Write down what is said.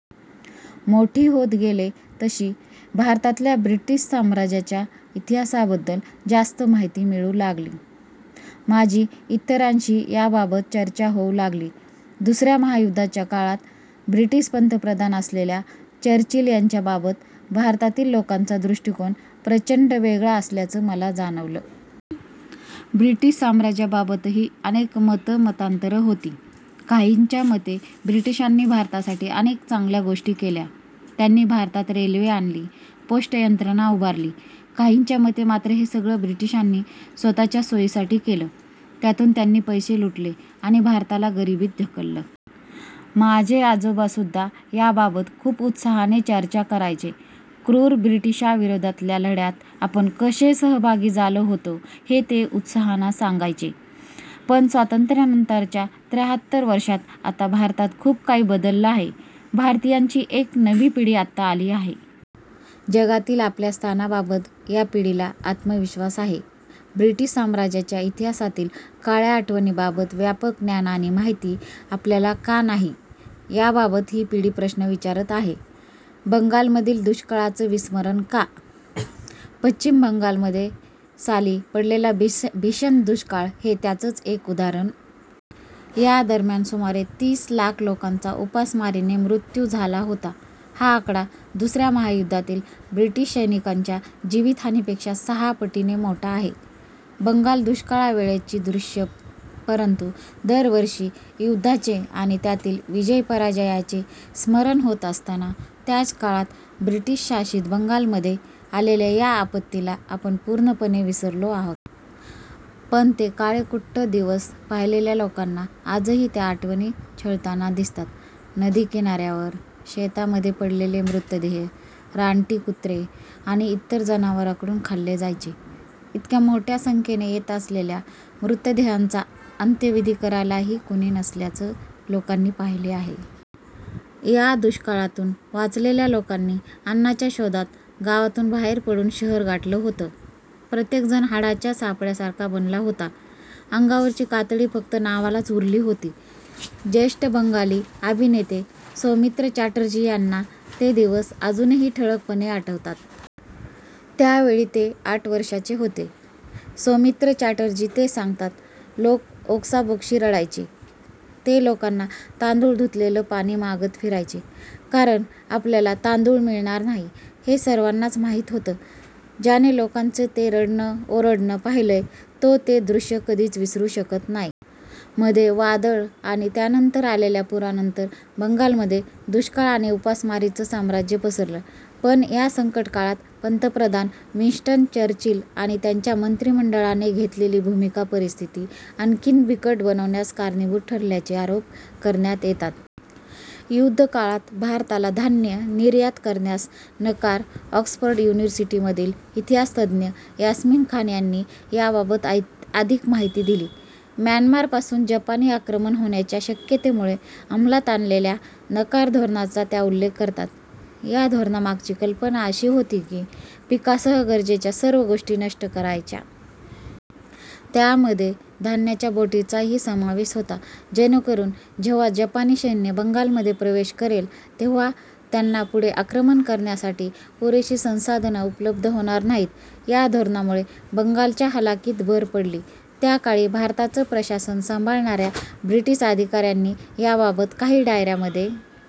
मोठी होत गेले, तशी भारतातल्या ब्रिटीश साम्राज्याच्या इतिहासाबद्दल जास्त माहिती मिळू लागली. माझी इतरांशी याबाबत चर्चा होऊ लागली. दुसऱ्या महायुद्धाच्या काळात ब्रिटीश पंतप्रधान असलेल्या चर्चिल यांच्याबाबत भारतातील लोकांचा दृष्टिकोन प्रचंड वेगळा असल्याचं मला जाणवलं. ब्रिटीश साम्राज्याबाबतही अनेक मतमतांतरं होती. काहींच्या मते, ब्रिटिशांनी भारतासाठी अनेक चांगल्या गोष्टी केल्या. त्यांनी भारतात रेल्वे आणली. पोस्ट यंत्रणा उभारली. काहींच्या मते मात्र हे सगळं ब्रिटिशांनी स्वतःच्या सोयीसाठी केलं. त्यातून त्यांनी पैसे लुटले आणि भारताला गरिबीत ढकललं. माझे आजोबासुद्धा याबाबत खूप उत्साहाने चर्चा करायचे. 'क्रूर ब्रिटिशां'विरोधातल्या लढ्यात आपण कसे सहभागी झालो होतो, हे ते उत्साहाने सांगायचे. पण स्वातंत्र्यानंतरच्या त्राहत्तर वर्षांत आता भारतात खूप काही बदललं आहे. भारतीयांची एक नवी पिढी आता आली आहे. जगातील आपल्या स्थानाबाबत या पिढीला आत्मविश्वास आहे. ब्रिटीश साम्राज्याच्या इतिहासातील काळ्या आठवणींबाबत व्यापक ज्ञान आणि माहिती आपल्याला का नाही, याबाबत ही पिढी प्रश्न विचारत आहे. बंगालमधील दुष्काळाचं विस्मरण का? पश्चिम बंगालमध्ये साली पडलेला भीषण दुष्काळ हे त्याचंच एक उदाहरण. या दरम्यान सुमारे तीस लाख लोकांचा उपासमारीने मृत्यू झाला होता. हा आकडा दुसऱ्या महायुद्धातील ब्रिटीश सैनिकांच्या जीवितहानीपेक्षा सहा पटीने मोठा आहे. बंगाल दुष्काळावेळची दृश्यं परंतु, दरवर्षी युद्धाचे आणि त्यातील विजय-पराजयांचे स्मरण होत असताना, त्याच काळात ब्रिटीशशासित बंगालमध्ये आलेल्या या आपत्तीला आपण पूर्णपणे विसरलो आहोत. पण ते काळेकुट्ट दिवस पाहिलेल्या लोकांना आजही त्या आठवणी छळताना दिसतात. नदी किनाऱ्यावर, शेतांमध्ये पडलेले मृतदेह रानटी कुत्रे आणि इतर जनावरांकडून खाल्ले जायचे. इतक्या मोठ्या संख्येने येत असलेल्या मृतदेहांचा अंत्यविधी करायलाही कुणी नसल्याचं लोकांनी पाहिलं आहे. या दुष्काळातून वाचलेल्या लोकांनी अन्नाच्या शोधात गावातून बाहेर पडून शहर गाठलं होतं. प्रत्येक जण हाडाच्या सापळ्यासारखा बनला होता. अंगावरची कातडी फक्त नावालाच उरली होती ज्येष्ठ बंगाली अभिनेते सौमित्र चॅटर्जी यांना ते दिवस अजूनही ठळकपणे आठवतात. त्यावेळी ते आठ वर्षांचे होते. सौमित्र चॅटर्जी ते सांगतात. लोक ओक्साबोक्शी रडायचे. ते लोकांना तांदूळ धुतलेलं पाणी मागत फिरायचे. कारण आपल्याला तांदूळ मिळणार नाही, हे सर्वांनाच माहीत होतं. ज्याने लोकांचं ते रडणं-ओरडणं पाहिलंय, तो ते दृश्य कधीच विसरू शकत नाही. मध्ये वादळ आणि त्यानंतर आलेल्या पुरानंतर बंगालमध्ये दुष्काळ आणि उपासमारीचं साम्राज्य पसरलं. पण या संकट काळात पंतप्रधान विन्स्टन चर्चिल आणि त्यांच्या मंत्रिमंडळाने घेतलेली भूमिका परिस्थिती आणखी बिकट बनवण्यास कारणीभूत ठरल्याचे आरोप करण्यात येतात. युद्धकाळात भारताला धान्य निर्यात करण्यास नकार ऑक्सफर्ड युनिव्हर्सिटीमधील इतिहास तज्ज्ञ यास्मीन खान यांनी याबाबत अधिक माहिती दिली. म्यानमारपासून जपानी आक्रमण होण्याच्या शक्यतेमुळे अंमलात आणलेल्या 'नकार धोरणा'चा त्या उल्लेख करतात. "या धोरणामागची कल्पना अशी होती की, पिकांसह गरजेच्या सर्व गोष्टी नष्ट करायच्या. त्यामध्ये धान्याच्या बोटींचाही समावेश होता. जेणेकरून जेव्हा जपानी सैन्य बंगालमध्ये प्रवेश करेल, तेव्हा त्यांना पुढे आक्रमण करण्यासाठी पुरेशी संसाधनं उपलब्ध होणार नाहीत. या धोरणामुळे बंगालच्या हालाखीत भर पडली. त्या काळी भारताचं प्रशासन सांभाळणाऱ्या ब्रिटीश अधिकाऱ्यांनी याबाबत काही डायऱ्यांमध्ये